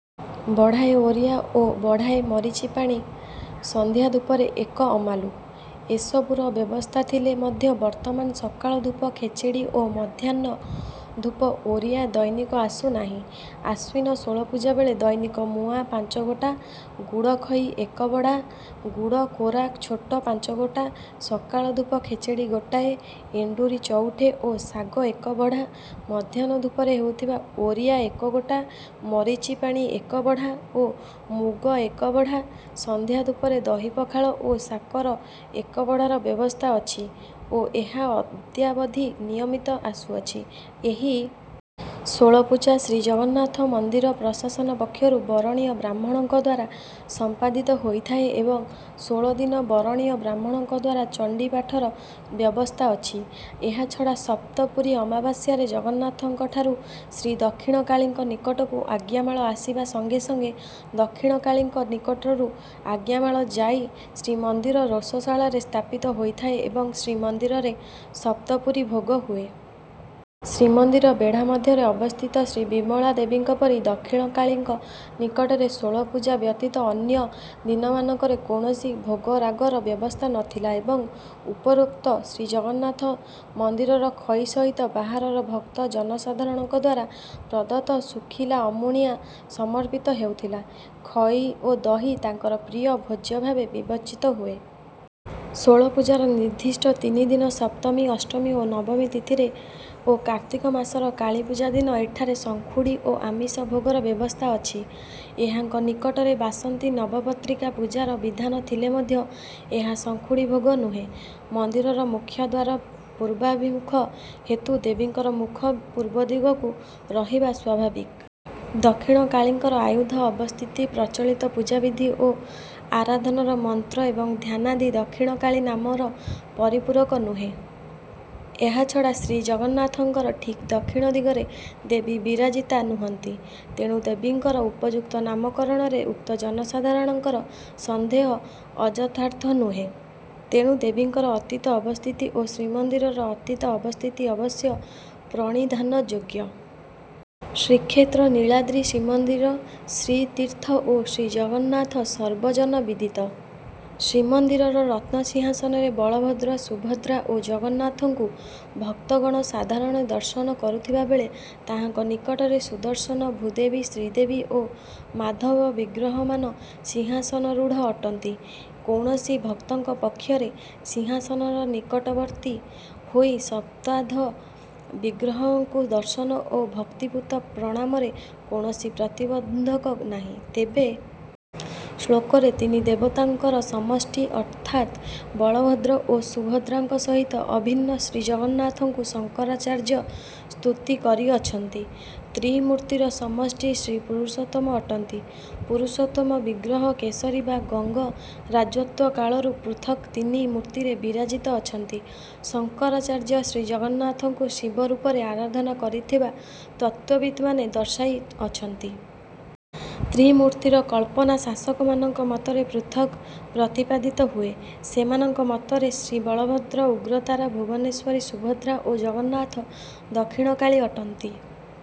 ବଢ଼ାଏ ଓରିଆ ଓ ବଢ଼ାଏ ମରିଚିପାଣି, ସନ୍ଧ୍ୟା ଧୂପରେ ଏକ ଅମାଲୁ। ଏସବୁର ବ୍ୟବସ୍ଥା ଥିଲେ ମଧ୍ୟ ବର୍ତ୍ତମାନ ସକାଳ ଧୂପ ଖେଚେଡ଼ି ଓ ମଧ୍ୟାହ୍ନ ଧୂପ ଓରିଆ ଦୈନିକ ଆସୁନାହିଁ। ଆଶ୍ୱିନ ଷୋଳପୂଜା ବେଳେ ଦୈନିକ ମୁଆଁ ପାଞ୍ଚଗୋଟା, ଗୁଡ଼ଖଇ ଏକ ବଢ଼ା, ଗୁଡ଼କୋରା ଛୋଟ ପାଞ୍ଚଗୋଟା, ସକାଳ ଧୂପ ଖେଚେଡ଼ି ଗୋଟାଏ, ଏଣ୍ଡୁରି ଚଉଠେ ଓ ଶାଗ ଏକ ବଢ଼ା ମଧ୍ୟାହ୍ନ ଧୂପରେ ହେଉଥିବା ଓରିଆ ଏକ ଗୋଟା, ମରିଚିପାଣି ଏକ ବଢ଼ା ଓ ମୁଗ ଏକ ବଢ଼ା ସନ୍ଧ୍ୟା ଧୂପରେ ଦହିପଖାଳ ଓ ଶାକର ଏକ ବଢ଼ାର ବ୍ୟବସ୍ଥା ଅଛି ଓ ଏହା ଅଦ୍ୟାବଧି ନିୟମିତ ଆସୁଅଛି। ଏହି ଷୋଳପୂଜା ଶ୍ରୀଜଗନ୍ନାଥ ମନ୍ଦିର ପ୍ରଶାସନ ପକ୍ଷରୁ ବରଣୀୟ ବ୍ରାହ୍ମଣଙ୍କ ଦ୍ୱାରା ସମ୍ପାଦିତ ହୋଇଥାଏ ଏବଂ ଷୋଳଦିନ ବରଣୀୟ ବ୍ରାହ୍ମଣଙ୍କ ଦ୍ୱାରା ଚଣ୍ଡୀପାଠର ବ୍ୟବସ୍ଥା ଅଛି। ଏହାଛଡ଼ା ସପ୍ତପୁରୀ ଅମାବାସ୍ୟାରେ ଜଗନ୍ନାଥଙ୍କ ଠାରୁ ଶ୍ରୀଦକ୍ଷିଣକାଳୀଙ୍କ ନିକଟକୁ ଆଜ୍ଞାମାଳ ଆସିବା ସଙ୍ଗେ ସଙ୍ଗେ ଦକ୍ଷିଣକାଳୀଙ୍କ ନିକଟରୁ ଆଜ୍ଞାମାଳ ଯାଇ ଶ୍ରୀମନ୍ଦିର ରୋଷଶାଳାରେ ସ୍ଥାପିତ ହୋଇଥାଏ ଏବଂ ଶ୍ରୀମନ୍ଦିରରେ ସପ୍ତପୁରୀ ଭୋଗ ହୁଏ। ଶ୍ରୀମନ୍ଦିର ବେଢ଼ା ମଧ୍ୟରେ ଅବସ୍ଥିତ ଶ୍ରୀବିମଳା ଦେବୀଙ୍କ ପରି ଦକ୍ଷିଣକାଳୀଙ୍କ ନିକଟରେ ଷୋଳପୂଜା ବ୍ୟତୀତ ଅନ୍ୟ ଦିନମାନଙ୍କରେ କୌଣସି ଭୋଗରାଗର ବ୍ୟବସ୍ଥା ନଥିଲା ଏବଂ ଉପରୋକ୍ତ ଶ୍ରୀଜଗନ୍ନାଥ ମନ୍ଦିରର ଖଇ ସହିତ ବାହାରର ଭକ୍ତ ଜନସାଧାରଣଙ୍କ ଦ୍ୱାରା ପ୍ରଦତ୍ତ ଶୁଖିଲା ଅମୁଣିଆ ସମର୍ପିତ ହେଉଥିଲା। ଖଇ ଓ ଦହି ତାଙ୍କର ପ୍ରିୟ ଭୋଜ୍ୟ ଭାବେ ବିବେଚିତ ହୁଏ। ଷୋଳପୂଜାର ନିର୍ଦ୍ଦିଷ୍ଟ ତିନିଦିନ ସପ୍ତମୀ, ଅଷ୍ଟମୀ ଓ ନବମୀ ତିଥିରେ ଓ କାର୍ତ୍ତିକ ମାସର କାଳୀପୂଜା ଦିନ ଏଠାରେ ସଂଖୁଡ଼ି ଓ ଆମିଷ ଭୋଗର ବ୍ୟବସ୍ଥା ଅଛି। ଏହାଙ୍କ ନିକଟରେ ବାସନ୍ତୀ ନବପତ୍ରିକା ପୂଜାର ବିଧାନ ଥିଲେ ମଧ୍ୟ ଏହା ସଂଖୁଡ଼ି ଭୋଗ ନୁହେଁ। ମନ୍ଦିରର ମୁଖ୍ୟଦ୍ୱାର ପୂର୍ବାଭିମୁଖୀ ହେତୁ ଦେବୀଙ୍କର ମୁଖ ପୂର୍ବ ଦିଗକୁ ରହିବା ସ୍ୱାଭାବିକ। ଦକ୍ଷିଣକାଳୀଙ୍କର ଆୟୁଧ, ଅବସ୍ଥିତି, ପ୍ରଚଳିତ ପୂଜାବିଧି ଓ ଆରାଧନାର ମନ୍ତ୍ର ଏବଂ ଧ୍ୟାନାଦି ଦକ୍ଷିଣକାଳୀ ନାମର ପରିପୂରକ ନୁହେଁ। ଏହାଛଡ଼ା ଶ୍ରୀ ଜଗନ୍ନାଥଙ୍କର ଠିକ୍ ଦକ୍ଷିଣ ଦିଗରେ ଦେବୀ ବିରାଜିତା ନୁହଁନ୍ତି। ତେଣୁ ଦେବୀଙ୍କର ଉପଯୁକ୍ତ ନାମକରଣରେ ଭକ୍ତ ଜନସାଧାରଣଙ୍କର ସନ୍ଦେହ ଅଯଥାର୍ଥ ନୁହେଁ। ତେଣୁ ଦେବୀଙ୍କର ଅତୀତ ଅବସ୍ଥିତି ଓ ଶ୍ରୀମନ୍ଦିରର ଅତୀତ ଅବସ୍ଥିତି ଅବଶ୍ୟ ପ୍ରଣିଧାନଯୋଗ୍ୟ। ଶ୍ରୀକ୍ଷେତ୍ର, ନୀଳାଦ୍ରି, ଶ୍ରୀମନ୍ଦିର, ଶ୍ରୀତୀର୍ଥ ଓ ଶ୍ରୀଜଗନ୍ନାଥ ସର୍ବଜନବିଦିତ। ଶ୍ରୀମନ୍ଦିରର ରତ୍ନସିଂହାସନରେ ବଳଭଦ୍ର, ସୁଭଦ୍ରା ଓ ଜଗନ୍ନାଥଙ୍କୁ ଭକ୍ତଗଣ ସାଧାରଣରେ ଦର୍ଶନ କରୁଥିବା ବେଳେ ତାହାଙ୍କ ନିକଟରେ ସୁଦର୍ଶନ, ଭୂଦେବୀ, ଶ୍ରୀଦେବୀ ଓ ମାଧବ ବିଗ୍ରହମାନ ସିଂହାସନାରୂଢ଼ ଅଟନ୍ତି। କୌଣସି ଭକ୍ତଙ୍କ ପକ୍ଷରେ ସିଂହାସନର ନିକଟବର୍ତ୍ତୀ ହୋଇ ସପ୍ତଧା ବିଗ୍ରହଙ୍କୁ ଦର୍ଶନ ଓ ଭକ୍ତିପୂତ ପ୍ରଣାମରେ କୌଣସି ପ୍ରତିବନ୍ଧକ ନାହିଁ। ତେବେ ଶ୍ଲୋକରେ ତିନି ଦେବତାଙ୍କର ସମଷ୍ଟି ଅର୍ଥାତ୍ ବଳଭଦ୍ର ଓ ସୁଭଦ୍ରାଙ୍କ ସହିତ ଅଭିନ୍ନ ଶ୍ରୀଜଗନ୍ନାଥଙ୍କୁ ଶଙ୍କରାଚାର୍ଯ୍ୟ ସ୍ତୁତି କରିଅଛନ୍ତି। ତ୍ରିମୂର୍ତ୍ତିର ସମଷ୍ଟି ଶ୍ରୀପୁରୁଷୋତ୍ତମ ଅଟନ୍ତି। ପୁରୁଷୋତ୍ତମ ବିଗ୍ରହ କେଶରୀ ବା ଗଙ୍ଗ ରାଜତ୍ୱ କାଳରୁ ପୃଥକ୍ ତିନି ମୂର୍ତ୍ତିରେ ବିରାଜିତ ଅଛନ୍ତି। ଶଙ୍କରାଚାର୍ଯ୍ୟ ଶ୍ରୀଜଗନ୍ନାଥଙ୍କୁ ଶିବ ରୂପରେ ଆରାଧନା କରିଥିବା ତତ୍ତ୍ୱବିତ୍‌ମାନେ ଦର୍ଶାଇଅଛନ୍ତି। ତ୍ରିମୂର୍ତ୍ତିର କଳ୍ପନା ଶାକ୍ତମାନଙ୍କ ମତରେ ପୃଥକ୍ ପ୍ରତିପାଦିତ ହୁଏ। ସେମାନଙ୍କ ମତରେ ଶ୍ରୀବଳଭଦ୍ର ଉଗ୍ରତାରା, ଭୁବନେଶ୍ୱରୀ ସୁଭଦ୍ରା ଓ ଜଗନ୍ନାଥ ଦକ୍ଷିଣକାଳୀ ଅଟନ୍ତି।